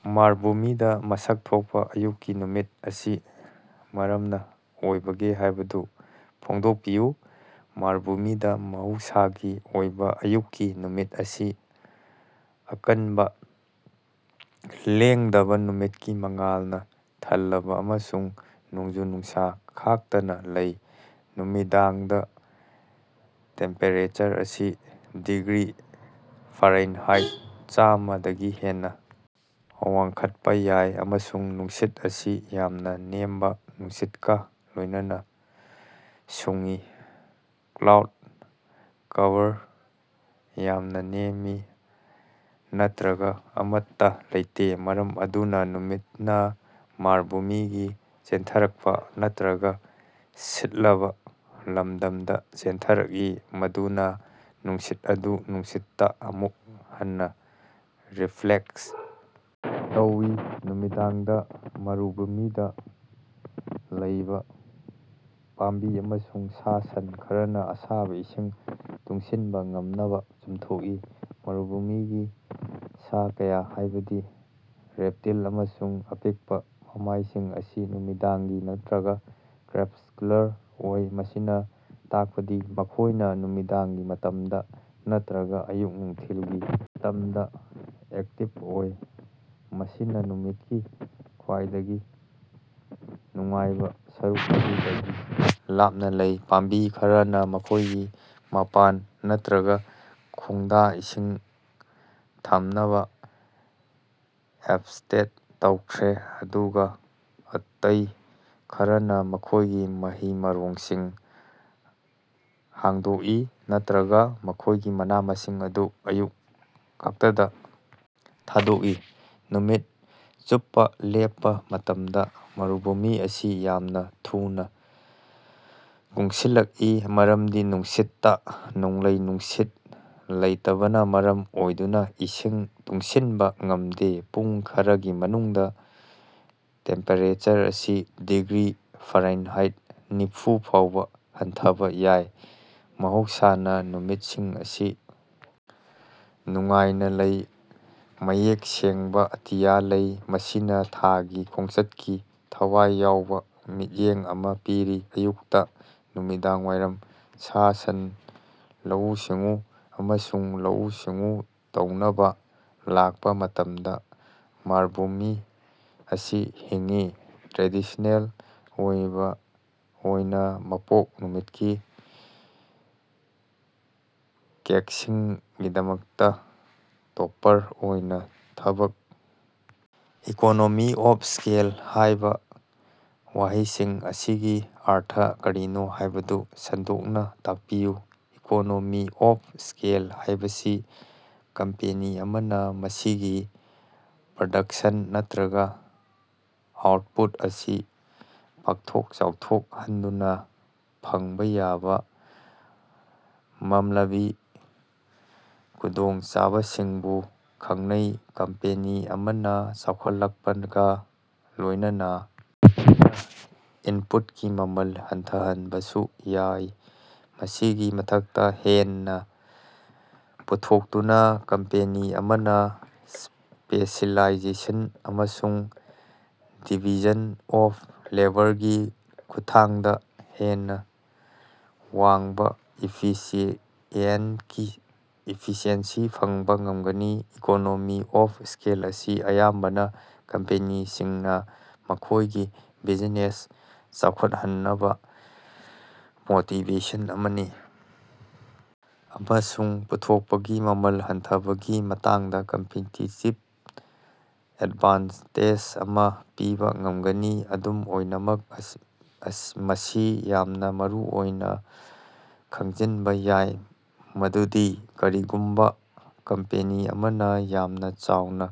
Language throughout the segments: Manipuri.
ꯃꯔꯚꯨꯃꯤꯗ ꯃꯁꯛ ꯊꯣꯛꯄꯥ ꯑꯌꯨꯛꯀꯤ ꯅꯨꯃꯤꯠ ꯑꯁꯤ ꯀꯔꯝꯅꯥ ꯑꯣꯏꯕꯒꯦ ꯍꯥꯏꯕꯗꯨ ꯐꯣꯡꯗꯣꯛꯄꯤꯌꯨ꯫ ꯃꯔꯚꯨꯃꯤꯗ ꯃꯍꯧꯁꯥꯒꯤ ꯑꯣꯏꯕ ꯑꯌꯨꯛꯀꯤ ꯅꯨꯃꯤꯠ ꯑꯁꯤ ꯑꯀꯟꯕꯥ, ꯂꯦꯡꯗꯕꯥ ꯅꯨꯃꯤꯠꯀꯤ ꯃꯉꯥꯜꯅ ꯊꯜꯂꯕꯥ ꯑꯃꯁꯨꯡ ꯅꯣꯡꯖꯨ-ꯅꯨꯡꯁꯥ ꯈꯥꯛꯇꯅ ꯂꯩ꯫ ꯅꯨꯃꯤꯗꯥꯡꯗ ꯇꯦꯝꯄꯦꯔꯦꯆꯔ ꯑꯁꯤ ꯗꯤꯒ꯭ꯔꯤ ꯐꯥꯔꯦꯟꯍꯥꯏꯠ ꯆꯥꯝꯃ ꯗꯒꯤ ꯍꯦꯟꯅꯥ ꯋꯥꯡꯈꯠꯄꯥ ꯌꯥꯏ, ꯑꯃꯁꯨꯡ ꯅꯨꯡꯁꯤꯠ ꯑꯁꯤ ꯌꯥꯝꯅ ꯅꯦꯝꯕꯥ ꯅꯨꯡꯁꯤꯠꯀꯥ ꯂꯣꯏꯅꯅꯥ ꯁꯨꯡꯏ꯫ ꯀ꯭ꯂꯥꯎꯗ ꯀꯚꯔ ꯌꯥꯝꯅ ꯅꯦꯝꯃꯤ ꯅꯠꯇꯔꯒ ꯑꯃꯠꯇꯥ ꯂꯩꯇꯦ, ꯃꯔꯝ ꯑꯗꯨꯅꯥ ꯅꯨꯃꯤꯠꯅꯥ ꯃꯔꯚꯨꯃꯤꯒꯤ ꯆꯦꯟꯊꯔꯛꯄꯥ ꯅꯠꯇꯔꯒ ꯁꯤꯠꯂꯕꯥ ꯂꯝꯗꯝꯗꯥ ꯆꯦꯟꯊꯔꯛꯏ, ꯃꯗꯨꯅꯥ ꯅꯨꯡꯁꯤꯠ ꯑꯗꯨ ꯅꯨꯡꯁꯤꯠꯇꯥ ꯑꯃꯨꯛ ꯍꯟꯅꯥ ꯔꯤꯐ꯭ꯂꯦꯛꯇ ꯇꯧꯏ꯫ ꯅꯨꯃꯤꯗꯥꯡꯗ ꯃꯔꯚꯨꯃꯤꯗꯥ ꯂꯩꯕ ꯄꯥꯝꯕꯤ ꯑꯃꯁꯨꯡ ꯁꯥ-ꯁꯟ ꯈꯔꯅꯥ ꯑꯁꯥꯕ ꯏꯁꯤꯡ ꯇꯨꯡꯁꯤꯟꯕꯥ ꯉꯝꯅꯕꯥ ꯆꯨꯝꯊꯣꯛꯏ꯫ ꯃꯔꯚꯨꯃꯤꯒꯤ ꯁꯥ ꯀꯌꯥ, ꯍꯥꯏꯕꯗꯤ ꯔꯦꯞꯇꯤꯜ ꯑꯃꯁꯨꯡ ꯑꯄꯤꯛꯄꯥ ꯃꯃꯥꯏꯁꯤꯡ ꯑꯁꯤ ꯅꯨꯃꯤꯗꯥꯡꯒꯤ ꯅꯠꯇꯔꯒ ꯀ꯭ꯔꯦꯄ꯭ꯂꯔ ꯑꯣꯏ, ꯃꯁꯤꯅꯥ ꯇꯥꯛꯄꯗꯤ ꯃꯈꯣꯏꯅꯥ ꯅꯨꯃꯤꯗꯥꯡꯒꯤ ꯃꯇꯝꯗ ꯅꯠꯇꯔꯒ ꯑꯌꯨꯛ-ꯅꯨꯡꯊꯤꯜꯒꯤ ꯃꯇꯝꯗꯥ ꯑꯦꯛꯇꯤꯕ ꯑꯣꯏ, ꯃꯁꯤꯅꯥ ꯅꯨꯃꯤꯠꯀꯤ ꯈ꯭ꯕꯥꯏꯗꯒꯤ ꯅꯨꯡꯉꯥꯏꯕꯥ ꯁꯔꯨꯛ ꯑꯗꯨꯗꯒꯤ ꯂꯥꯞꯅꯥ ꯂꯩ꯫ ꯄꯥꯝꯕꯤ ꯈꯔꯅꯥ ꯃꯈꯣꯏꯒꯤ ꯃꯄꯥꯟ ꯅꯠꯇꯔꯒ ꯈꯣꯡꯗꯥ ꯏꯁꯤꯡ ꯊꯝꯅꯕꯥ ꯑꯦꯗꯞꯇꯦꯠ ꯇꯧꯈ꯭ꯔꯦ, ꯑꯗꯨꯒꯥ ꯑꯇꯩ ꯈꯔꯅꯥ ꯃꯈꯣꯏꯒꯤ ꯃꯍꯩ-ꯃꯔꯣꯡꯁꯤꯡ ꯍꯥꯡꯗꯣꯛꯏ ꯅꯠꯇꯔꯒꯥ ꯃꯈꯣꯏꯒꯤ ꯃꯅꯥ-ꯃꯁꯤꯡ ꯑꯗꯨ ꯑꯌꯨꯛ ꯈꯛꯇꯗꯥ ꯊꯥꯗꯣꯛꯏ꯫ ꯅꯨꯃꯤꯠ ꯆꯨꯞꯄꯥ ꯂꯦꯞꯄꯥ ꯃꯇꯝꯗ ꯃꯔꯚꯨꯃꯤ ꯑꯁꯤ ꯌꯥꯝꯅ ꯊꯨꯅꯥ ꯀꯨꯡꯁꯤꯜꯂꯛꯏ ꯃꯔꯝꯗꯤ ꯅꯨꯡꯁꯤꯠꯇꯥ ꯅꯣꯡꯂꯩ-ꯅꯨꯡꯁꯤꯠ ꯂꯩꯇꯕꯅꯥ ꯃꯔꯝ ꯑꯣꯏꯗꯨꯅꯥ ꯏꯁꯤꯡ ꯇꯨꯡꯁꯤꯟꯕꯥ ꯉꯝꯗꯦ꯫ ꯄꯨꯡ ꯈꯔꯒꯤ ꯃꯅꯨꯡꯗꯥ ꯇꯦꯝꯄꯦꯔꯦꯆꯔ ꯑꯁꯤ ꯗꯤꯒ꯭ꯔꯤ ꯐꯥꯔꯦꯟꯍꯥꯏꯠ ꯅꯤꯐꯨ ꯐꯥꯎꯕ ꯍꯟꯊꯕꯥ ꯌꯥꯏ꯫ ꯃꯍꯧꯁꯥꯅ ꯅꯨꯃꯤꯠꯁꯤꯡ ꯑꯁꯤ ꯅꯨꯡꯉꯥꯏꯅ ꯂꯩ, ꯃꯌꯦꯛ ꯁꯦꯡꯕꯥ ꯑꯇꯤꯌꯥ ꯂꯩ, ꯃꯁꯤꯅꯥ ꯊꯥꯒꯤ ꯈꯣꯡꯆꯠꯀꯤ ꯊꯋꯥꯏ ꯌꯥꯎꯕ ꯃꯤꯠꯌꯦꯡ ꯑꯃ ꯄꯤꯔꯤ꯫ ꯑꯌꯨꯛꯇꯥ ꯅꯨꯃꯤꯗꯥꯡꯋꯥꯏꯔꯝ ꯁꯥ-ꯁꯟꯂꯧꯎ-ꯁꯤꯡꯎ ꯑꯃꯁꯨꯡ ꯂꯧꯎ-ꯁꯤꯡꯎ ꯇꯧꯅꯕꯥ ꯂꯥꯛꯄ ꯃꯇꯝꯗ ꯃꯔꯕꯨꯃꯤ ꯑꯁꯤ ꯍꯤꯡꯏ꯫ ꯇ꯭ꯔꯦꯗꯤꯁꯅꯦꯜ ꯑꯣꯏꯅꯥ ꯃꯄꯣꯛ ꯅꯨꯃꯤꯠꯀꯤ ꯀꯦꯛꯁꯤꯡꯒꯤꯗꯃꯛꯇꯥ ꯇꯣꯄꯔ ꯑꯣꯏꯅ ꯊꯕꯛ 'ꯏꯀꯣꯅꯣꯃꯤ ꯑꯣꯐ ꯁ꯭ꯀꯦꯜ' ꯍꯥꯏꯕ ꯋꯥꯍꯩꯁꯤꯡ ꯑꯁꯤꯒꯤ ꯑꯔꯊ ꯀꯔꯤꯅꯣ ꯍꯥꯏꯕꯗꯨ ꯁꯟꯗꯣꯛꯅ ꯇꯥꯛꯄꯤꯌꯨ꯫ ꯏꯀꯣꯅꯣꯃꯤ ꯑꯣꯐ ꯁ꯭ꯀꯦꯜ ꯍꯥꯏꯕꯁꯤ ꯀꯝꯄꯦꯅꯤ ꯑꯃꯅ ꯃꯁꯤꯒꯤ ꯄ꯭ꯔꯗꯛꯁꯟ ꯅꯠꯇꯔꯒ ꯑꯥꯎꯠꯄꯨꯠ ꯑꯁꯤ ꯄꯥꯛꯊꯣꯛ ꯆꯥꯎꯊꯣꯛꯍꯟꯗꯨꯅꯥ ꯐꯪꯕ ꯌꯥꯕ ꯃꯝꯂꯒꯤ ꯈꯨꯗꯣꯡꯆꯥꯕꯁꯤꯡꯕꯨ ꯈꯪꯅꯩ꯫ ꯀꯝꯄꯦꯅꯤ ꯑꯃꯅ ꯆꯥꯎꯈꯠꯂꯛꯄꯒꯥ ꯂꯣꯏꯅꯅꯥ ꯃꯁꯤꯅ ꯏꯟꯄꯨꯠꯀꯤ ꯃꯃꯜ ꯍꯟꯊꯍꯟꯕꯁꯨ ꯌꯥꯏ꯫ ꯃꯁꯤꯒꯤ ꯃꯊꯛꯇꯥ, ꯍꯦꯟꯅꯥ ꯄꯨꯊꯣꯛꯇꯨꯅꯥ ꯀꯝꯄꯦꯅꯤ ꯑꯃꯅ ꯁ꯭ꯄꯦꯁꯤꯑꯦꯂꯥꯏꯖꯦꯁꯟ ꯑꯃꯁꯨꯡ ꯗꯤꯚꯤꯖꯟ ꯑꯣꯐ ꯂꯦꯕꯔꯒꯤ ꯈꯨꯠꯊꯥꯡꯗꯥ ꯍꯦꯟꯅꯥ ꯋꯥꯡꯕꯥ ꯏꯐꯤꯁꯤꯑꯦꯟꯁꯤ ꯐꯪꯕ ꯉꯝꯒꯅꯤ꯫ ꯏꯀꯣꯅꯣꯃꯤ ꯑꯣꯐ ꯁ꯭ꯀꯦꯜ ꯑꯁꯤ ꯑꯌꯥꯝꯕꯅ ꯀꯝꯄꯦꯅꯤꯁꯤꯡꯅꯥ ꯃꯈꯣꯏꯒꯤ ꯕꯤꯖꯤꯅꯦꯁ ꯆꯥꯎꯈꯠꯍꯟꯅꯕꯥ ꯃꯣꯇꯤꯕꯦꯁꯟ ꯑꯃꯅꯤ ꯑꯃꯁꯨꯡ ꯄꯨꯊꯣꯛꯄꯒꯤ ꯃꯃꯜ ꯍꯟꯊꯕꯒꯤ ꯃꯇꯥꯡꯗ ꯀꯝꯄꯤꯇꯤꯇꯤꯕ ꯑꯦꯗꯚꯥꯟꯇꯦꯖ ꯑꯃ ꯄꯤꯕꯥ ꯉꯝꯒꯅꯤ꯫ ꯑꯗꯨꯝ ꯑꯣꯏꯅꯃꯛ, ꯃꯁꯤ ꯌꯥꯝꯅ ꯃꯔꯨꯑꯣꯏꯅ ꯈꯪꯖꯤꯟꯕꯥ ꯌꯥꯏ ꯃꯗꯨꯗꯤ ꯀꯔꯤꯒꯨꯝꯕꯥ ꯀꯝꯄꯦꯅꯤ ꯑꯃꯅ ꯌꯥꯝꯅ ꯆꯥꯎꯅ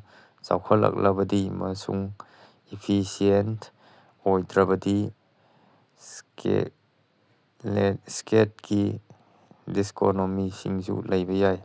ꯆꯥꯎꯈꯠꯂꯛꯂꯕꯗꯤ ꯑꯃꯁꯨꯡ ꯏꯐꯤꯁꯤꯌꯦꯟꯇ ꯑꯣꯏꯗ꯭ꯔꯕꯗꯤ ꯁ꯭ꯀꯦꯂꯒꯤ ꯗꯤꯁꯀꯣꯅꯣꯃꯤꯁꯤꯡꯁꯨ ꯂꯩꯕ ꯌꯥꯏ꯫